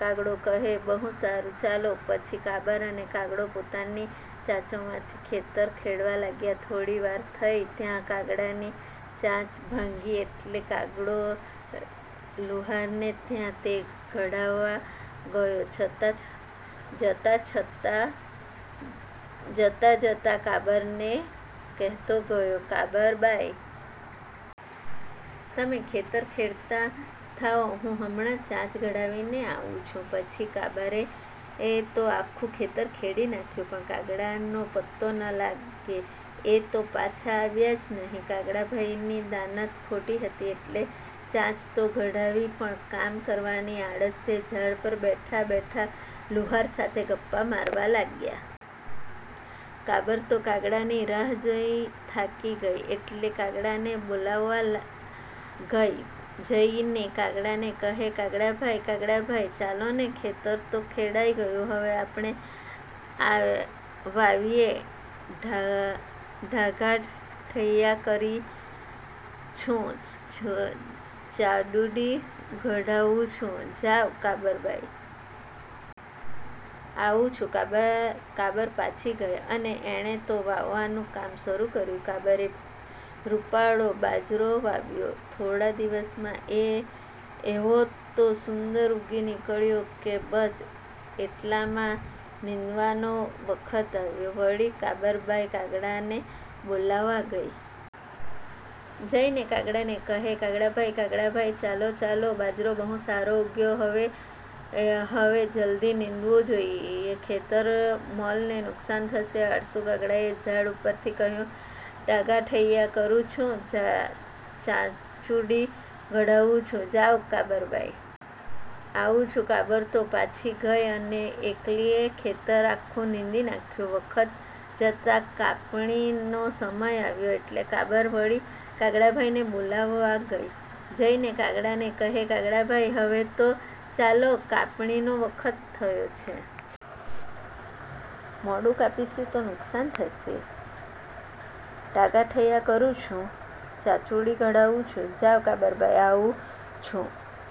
કાગડો કહે-બહુ સારું; ચાલો. પછી કાબર અને કાગડો પોતાની ચાંચોથી ખેતર ખેડવા લાગ્યાં. થોડી વાર થઈ ત્યાં કાગડાની ચાંચ ભાંગી એટલે કાગડો લુહારને ત્યાં તે ઘડાવવા ગયો. છતાં જતાજતાં જતાં કાબરને કહેતો ગયો -કાબરબાઈ! તમે ખેતર ખેડતાં થાઓ, હું હમણાં ચાંચ ઘડાવીને આવું છું. પછી કાબરે તો આખું ખેતર ખેડી નાખ્યું પણ કાગડાભાઈનો પત્તો ન લાગે. એ તો પાછા આવ્યાં જ નહિ. કાગડાભાઈની દાનત ખોટી હતી એટલે ચાંચ તો ઘડાવી પણ કામ કરવાની આળસે ઝાડ પર બેઠા બેઠા લુહાર સાથે ગપ્પાં મારવા લાગ્યા. કાબર તો કાગડાની રાહ જોઈ થાકી ગઈ એટલે કાગડાને બોલાવવા ગઈ. જઈને કાગડાને કહે -કાગડાભાઈ, કાગડાભાઈ! ચાલો ને! ખેતર તો ખેડાઈ ગયું. હવે આપણે વાવીએ. ઠાગાઠૈયા કરી છું, ચાંચજુડી ઘડાવું છું, જાવ, કાબરબાઈ! આવું છું. કાબર કાબર પાછી ગઈ અને એણે તો વાવવાનું કામ શરૂ કર્યું. કાબરે રૂપાળો બાજરો વાવ્યો. થોડા દિવસમાં એ એવો તો સુંદર ઊગી નીકળ્યો કે બસ! એટલામાં નીંદવાનો વખત થયો વળી કાબરબાઈ કાગડાને બોલાવવા ગઈ. જઈને કાગડાને કહે -કાગડાભાઈ, કાગડાભાઈ! ચાલો, ચાલો; બાજરો બહુ સારો ઊગ્યો છે. હવે હવે જલદી નીંદવું જોઈએ, નહિતર મોલને નુકસાન થશે. આળસુ કાગડાએ ઝાડ ઉપરથી કહ્યું: ઠાગાઠૈયા કરું છું, ચાંચુડી ઘડાવું છું, જાવ, કાબરબાઈ! આવું છું. કાબર તો પાછી ગઈ અને એકલીએ ખેતર આખું નીંદી નાખ્યું. વખત જતાં કાપણીનો સમય આવ્યો એટલે કાબર વળી કાગડાભાઈને બોલાવવા ગઈ. જઈને કાગડાને કહે - કાગડાભાઈ! હવે તો ચાલો, કાપણીનો વખત થયો છે. મોડું કાપશું તો નુકસાન થશે. ઠાગાઠૈયા કરું છું, ચાંચુડી ઘડાવું છું, જાવ, કાબરબાઈ! આવું છું.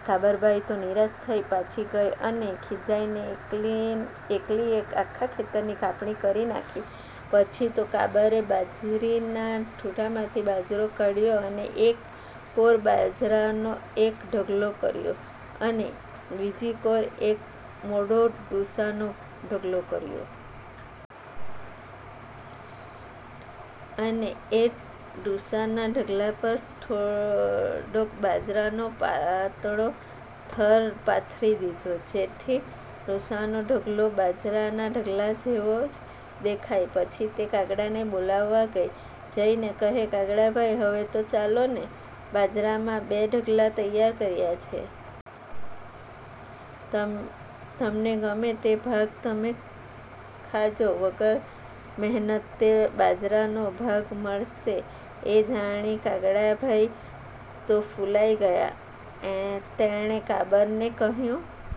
કાબરબાઈ તો નિરાશ થઈ પાછી ગઈ. અને ખિજાઈને એકલીએ આખા ખેતરની કાપણી કરી નાખી. પછી તો કાબરે બાજરીનાં ડુંડાંમાંથી બાજરો કાઢ્યો અને એક કોર બાજરાનો એક ઢગલો કર્યો, અને બીજી કોર એક મોટો ઢૂંસાંનો ઢગલો કર્યો. અને એ ઢૂંસાંના ઢગ પર થોડોક બાજરાનો પાતળો થર પાથરી દીધો જેથી ઢૂંસાંનો ઢગલો બાજરાના ઢગલા જેવો જ દેખાય. પછી તે કાગડાને બોલાવવા ગઈ. જઈને કહે- કાગડાભાઈ! હવે તો ચાલશો ને? બાજરાના બે ઢગલા તૈયાર કર્યા છે. તમને ગમે તે ભાગ તમે રાખજો. વગર મહેનતે બાજરાનો ભાગ મળશે એ જાણી કાગડાભાઈ તો ફુલાઈ ગયા. તેણે કાબરને કહ્યું